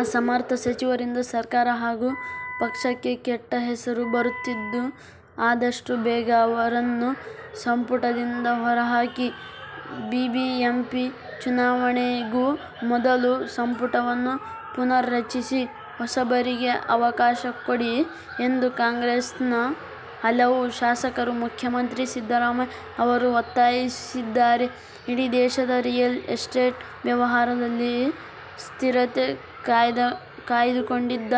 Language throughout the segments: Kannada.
ಅಸಮರ್ಥ ಸಚಿವರಿಂದ ಸರ್ಕಾರ ಹಾಗೂ ಪಕ್ಷಕ್ಕೆ ಕೆಟ್ಟ ಹೆಸರು ಬರುತ್ತಿದ್ದು, ಆದಷ್ಟು ಬೇಗ ಅವರನ್ನು ಸಂಪುಟದಿಂದ ಹೊರಹಾಕಿ. ಬಿಬಿಎಂಪಿ ಚುನಾವಣೆಗೂ ಮೊದಲು ಸಂಪುಟವನ್ನು ಪುನರ್ ರಚಿಸಿ, ಹೊಸಬರಿಗೆ ಅವಕಾಶ ಕೊಡಿ ಎಂದು ಕಾಂಗ್ರೆಸ್ನ ಹಲವು ಶಾಸಕರು ಮುಖ್ಯಮಂತ್ರಿ ಸಿದ್ದರಾಮಯ್ಯ ಅವರನ್ನು ಒತ್ತಾಯಿಸಿದ್ದಾರೆ. ಇಡೀ ದೇಶದ ರಿಯಲ್ ಎಸ್ಟೇಟ್ ವ್ಯವಹಾರದಲ್ಲಿ ಸ್ಥಿರತೆ ಕಾಯ್ದುಕೊಂಡಿದ್ದ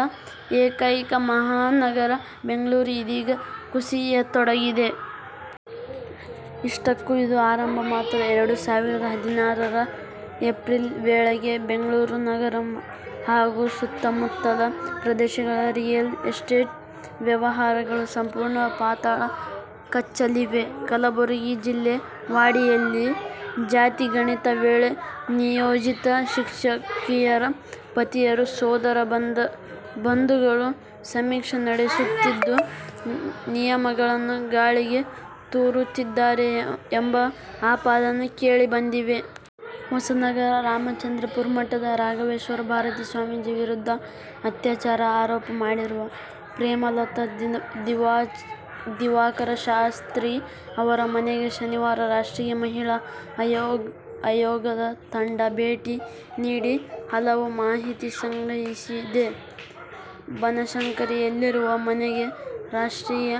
ಏಕೈಕ ಮಹಾನಗರ ಬೆಂಗಳೂರು ಇದೀಗ ಕುಸಿಯತೊಡಗಿದೆ. ಇಷ್ಟಕ್ಕೂ, ಇದು ಆರಂಭ ಮಾತ್ರ. ಎರಡು ಸಾವಿರದ ಹದಿನಾರರ ಏಪ್ರಿಲ್ ವೇಳೆಗೆ ಬೆಂಗಳೂರು ನಗರ ಹಾಗೂ ಸುತ್ತಮುತ್ತಲ ಪ್ರದೇಶಗಳ ರಿಯಲ್ ಎಸ್ಟೇಟ್ ವ್ಯವಹಾರಗಳು ಸಂಪೂರ್ಣ ಪಾತಾಳ ಕಚ್ಚಲಿವೆ. ಕಲಬುರಗಿ ಜಿಲ್ಲೆ ವಾಡಿಯಲ್ಲಿ ಜಾತಿಗಣತಿ ವೇಳೆ ನಿಯೋಜಿತ ಶಿಕ್ಷಕಿಯರ ಪತಿಯರು, ಸೋದರ ಬಂಧುಗಳು ಸಮೀಕ್ಷೆ ನಡೆಸುತ್ತಿದ್ದು, ನಿಯಮಗಳನ್ನು ಗಾಳಿಗೆ ತೂರುತ್ತಿದ್ದಾರೆ ಎಂಬ ಆಪಾದನೆ ಕೇಳಿಬಂದಿದೆ. ಹೊಸನಗರ ರಾಮಚಂದ್ರಾಪುರ ಮಠದ ರಾಘವೇಶ್ವರ ಭಾರತಿ ಸ್ವಾಮೀಜಿ ವಿರುದ್ಧ ಅತ್ಯಾಚಾರ ಆರೋಪ ಮಾಡಿರುವ ಪ್ರೇಮಲತಾ ದಿವಾಕರ ಶಾಸ್ತ್ರಿ ಅವರ ಮನೆಗೆ ಶನಿವಾರ ರಾಷ್ಟ್ರೀಯ ಮಹಿಳಾ ಆಯೋಗದ ತಂಡ ಭೇಟಿ ನೀಡಿ ಹಲವು ಮಾಹಿತಿ ಸಂಗ್ರಹಿಸಿದೆ. ಬನಶಂಕರಿಯಲ್ಲಿರುವ ಮನೆಗೆ ರಾಷ್ಟ್ರೀಯ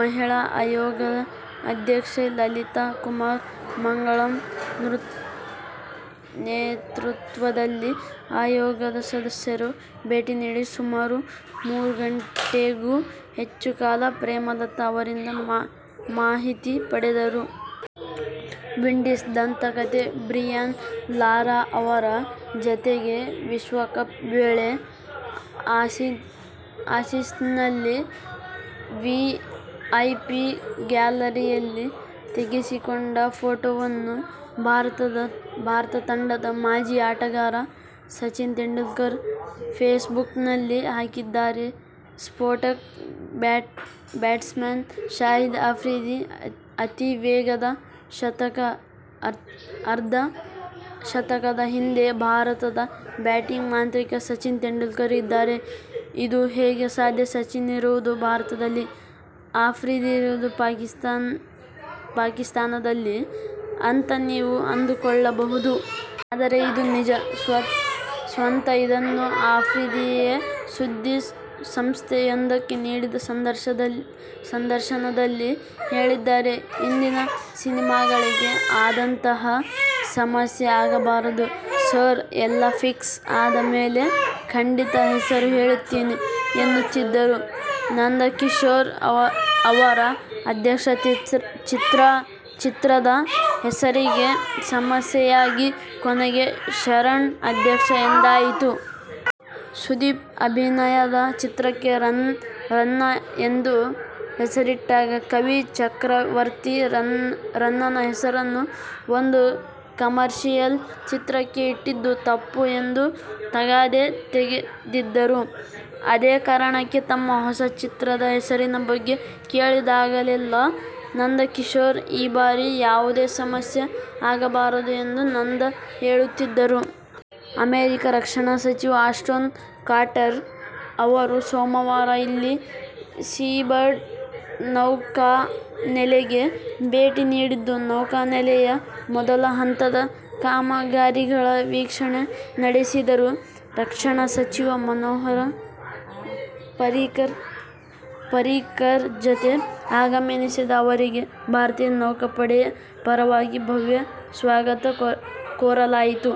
ಮಹಿಳಾ ಆಯೋಗದ ಅಧ್ಯಕ್ಷೆ ಲಲಿತಾ ಕುಮಾರ ಮಂಗಳಂ ನೇತೃತ್ವದಲ್ಲಿ ಆಯೋಗದ ಸದಸ್ಯರು ಭೇಟಿ ನೀಡಿ ಸುಮಾರು ಮೂರು ಗಂಟೆಗೂ ಹೆಚ್ಚು ಕಾಲ ಪ್ರೇಮಲತಾ ಅವರಿಂದ ಮಾಹಿತಿ ಪಡೆದರು. ವಿಂಡೀಸ್ ದಂತಕಥೆ ಬ್ರಿಯಾನ್ ಲಾರಾ ಅವರ ಜತೆಗೆ ವಿಶ್ವಕಪ್ ವೇಳೆ ಆಸೀಸ್ನಲ್ಲಿ ವಿಐಪಿ ಗ್ಯಾಲರಿಯಲ್ಲಿ ತೆಗೆಸಿಕೊಂಡ ಫೋಟೋವನ್ನು ಭಾರತ ತಂಡದ ಮಾಜಿ ಆಟಗಾರ ಸಚಿನ್ ತೆಂಡುಲ್ಕರ್ ಫೇಸ್ಬುಕ್ನಲ್ಲಿ ಹಾಕಿದ್ದಾರೆ. ಸ್ಫೋಟಕ ಬ್ಯಾಟ್ಸ್ಮನ್ ಶಾಹಿದ್ ಅಫ್ರಿದಿ ಅತೀ ವೇಗದ ಶತಕ, ಅರ್ಧ ಶತಕದ ಹಿಂದೆ ಭಾರತದ ಬ್ಯಾಟಿಂಗ್ ಮಾಂತ್ರಿಕ ಸಚಿನ್ ತೆಂಡುಲ್ಕರ್ ಇದ್ದಾರೆ ಇದು ಹೇಗೆ ಸಾಧ್ಯ ಸಚಿನ್ ಇರುವುದು ಭಾರತದಲ್ಲಿ, ಅಫ್ರಿದಿ ಇರುವುದು ಪಾಕಿಸ್ಥಾನದಲ್ಲಿ ಅಂತ ನೀವು ಅಂದುಕೊಳ್ಳಬಹುದು. ಆದರೆ ಇದು ನಿಜ. ಸ್ವತಃ ಇದನ್ನು ಅಫ್ರಿದಿಯೇ ಸುದ್ದಿ ಸಂಸ್ಥೆಯೊಂದಕ್ಕೆ ನೀಡಿದ ಸಂದರ್ಶನದಲ್ಲಿ ಹೇಳಿದ್ದಾರೆ. "ಹಿಂದಿನ ಸಿನಿಮಾಗಳಿಗೆ ಆದಂತಹ ಸಮಸ್ಯೆ ಆಗಬಾರದು ಸಾರ್. ಎಲ್ಲಾ ಫಿಕ್ಸ್ ಆದಮೇಲೆ ಖಂಡಿತಾ ಹೆಸರು ಹೇಳುತ್ತೀನಿ' ಎನ್ನುತ್ತಿದ್ದರು ನಂದಕಿಶೋರ್. ಅವರ "ಅಧ್ಯಕ್ಷ' ಚಿತ್ರದ ಹೆಸರಿಗೆ ಸಮಸ್ಯೆಯಾಗಿ ಕೊನೆಗೆ "ಶರಣ್ ಅಧ್ಯಕ್ಷ' ಎಂದಾಯಿತು. ಸುದೀಪ್ ಅಭಿನಯದ ಚಿತ್ರಕ್ಕೆ "ರನ್ನ' ಎಂದು ಹೆಸರಿಟ್ಟಾಗ, ಕವಿ ಚಕ್ರವರ್ತಿ ರನ್ನನ ಹೆಸರನ್ನು ಒಂದು ಕಮರ್ಷಿಯಲ್ ಚಿತ್ರಕ್ಕೆ ಇಟ್ಟಿದ್ದು ತಪ್ಪು ಎಂದು ತಗಾದೆ ತೆಗೆದಿದ್ದರು. ಅದೇ ಕಾರಣಕ್ಕೆ ತಮ್ಮ ಹೊಸ ಚಿತ್ರದ ಹೆಸರಿನ ಬಗ್ಗೆ ಕೇಳಿದಾಗಲೆಲ್ಲಾ ನಂದಕಿಶೋರ್, ಈ ಬಾರಿ ಯಾವುದೇ ಸಮಸ್ಯೆ ಆಗಬಾರದು ಎಂದು ನಂದ ಹೇಳುತ್ತಿದ್ದರು. ಅಮೆರಿಕ ರಕ್ಷಣಾ ಸಚಿವ ಅಸ್ಟೋನ್ ಕಾರ್ಟರ್ ಅವರು ಸೋಮವಾರ ಇಲ್ಲಿನ ಸೀಬರ್ಡ್ ನೌಕಾನೆಲೆಗೆ ಭೇಟಿ ನೀಡಿದ್ದು, ನೌಕಾನೆಲೆಯ ಮೊದಲ ಹಂತದ ಕಾಮಗಾರಿಗಳ ವೀಕ್ಷಣೆ ನಡೆಸಿದರು. ರಕ್ಷಣಾ ಸಚಿವ ಮನೋಹರ ಪರ್ರಿಕರ್ ಜತೆ ಆಗಮಿಸಿದ ಅವರಿಗೆ ಭಾರತೀಯ ನೌಕಾಪಡೆಯ ಪರವಾಗಿ ಭವ್ಯ ಸ್ವಾಗತ ಕೋರಲಾಯಿತು.